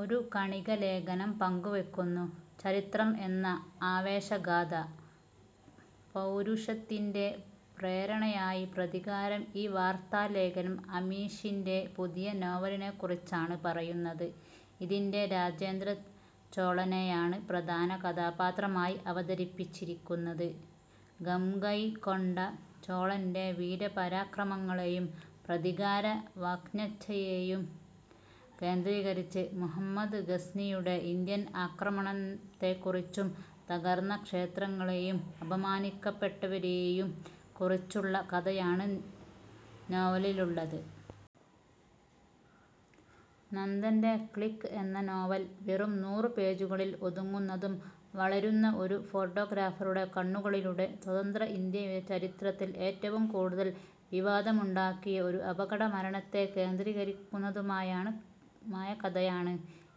ഒരു കണിക ലേഖനം പങ്കുവെക്കുന്നു. ചരിത്രം എന്ന ആവേശ ഗാഥ; പൗരുഷത്തിന്റെ പ്രേരണയായി പ്രതികാരം ഈ വാർത്താ ലേഖനം അമീഷിന്റെ പുതിയ നോവലിനെക്കുറിച്ചാണ് പറയുന്നത്, ഇതിൽ രാജേന്ദ്ര ചോളനെയാണ് പ്രധാന കഥാപാത്രമായി അവതരിപ്പിച്ചിരിക്കുന്നത്. ഗംഗൈകൊണ്ട ചോളന്റെ വീരപരാക്രമങ്ങളെയും പ്രതികാര വാഞ്ഛയെയും കേന്ദ്രീകരിച്ച്, മുഹമ്മദ് ഗസ്നിയുടെ ഇന്ത്യൻ ആക്രമണത്തെക്കുറിച്ചും തകർന്ന ക്ഷേത്രങ്ങളെയും അപമാനിക്കപ്പെട്ടവരെയും കുറിച്ചുള്ള കഥയാണ് നോവലിലുള്ളത്. നന്ദൻ്റെ "ക്ലിക്ക്" എന്ന നോവൽ, വെറും നൂറു പേജുകളിൽ ഒതുങ്ങുന്നതും, വളരുന്ന ഒരു ഫോട്ടോഗ്രാഫറുടെ കണ്ണുകളിലൂടെ സ്വതന്ത്ര ഇന്ത്യയുടെ ചരിത്രത്തിൽ ഏറ്റവും കൂടുതൽ വിവാദമുണ്ടാക്കിയ ഒരു അപകട മരണത്തെ കേന്ദ്രീകരിക്കുന്നതുമായ കഥയാണ്.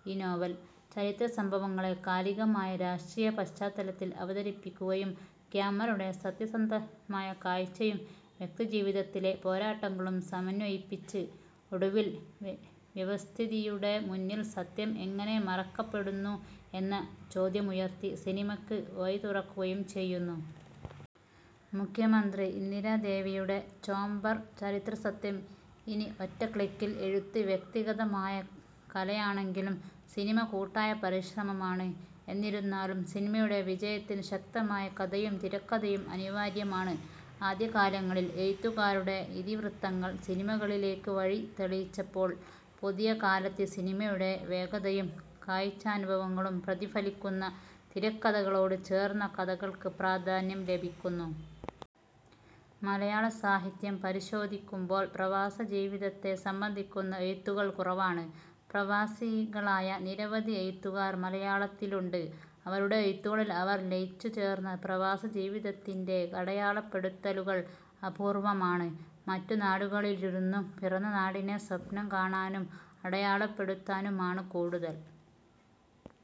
ഈ നോവൽ, ചരിത്ര സംഭവങ്ങളെ കാലികമായ രാഷ്ട്രീയ പശ്ചാത്തലത്തിൽ അവതരിപ്പിക്കുകയും, ക്യാമറയുടെ സത്യസന്ധമായ കാഴ്ചയും വ്യക്തിജീവിതത്തിലെ പോരാട്ടങ്ങളും സമന്വയിപ്പിച്ച്, ഒടുവിൽ വ്യവസ്ഥിതിയുടെ മുന്നിൽ സത്യം എങ്ങനെ മറയ്ക്കപ്പെടുന്നു എന്ന ചോദ്യമുയർത്തി സിനിമക്ക് വഴിതുറക്കുകയും ചെയ്യുന്നു. മുഖ്യമന്ത്രി ഇന്ദിരാദേവിയുടെ ചേംബർ; ചരിത്രസത്യം ഇനി ഒറ്റ ക്ലിക്കിൽ എഴുത്ത് വ്യക്തിഗതമായ കലയാണെങ്കിലും സിനിമ കൂട്ടായ പരിശ്രമമാണ്, എന്നിരുന്നാലും സിനിമയുടെ വിജയത്തിന് ശക്തമായ കഥയും തിരക്കഥയും അനിവാര്യമാണ്. ആദ്യകാലങ്ങളിൽ എഴുത്തുകാരുടെ ഇതിവൃത്തങ്ങൾ സിനിമകളിലേക്ക് വഴി തെളിയിച്ചപ്പോൾ, പുതിയ കാലത്ത് സിനിമയുടെ വേഗതയും കാഴ്ചാനുഭവവും പ്രതിഫലിക്കുന്ന തിരക്കഥകളോട് ചേർന്ന കഥകൾക്ക് പ്രാധാന്യം ലഭിക്കുന്നു. മലയാള സാഹിത്യം പരിശോധിക്കുമ്പോൾ പ്രവാസജീവിതത്തെ സംബന്ധിക്കുന്ന എഴുത്തുകൾ കുറവാണ്. പ്രവാസികളായ നിരവധി എഴുത്തുകാർ മലയാളത്തിലുണ്ട്. അവരുടെ എഴുത്തുകളിൽ അവർ ലയിച്ചുചേർന്ന പ്രവാസജീവിതത്തിന്റെ അടയാളപ്പെടുത്തലുകൾ അപൂർവ്വമാണ്. മറ്റു നാടുകളിലിരുന്നും പിറന്ന നാടിനെ സ്വപ്നം കാണാനും അടയാളപ്പെടുത്താനുമാണ് കൂടുതൽ।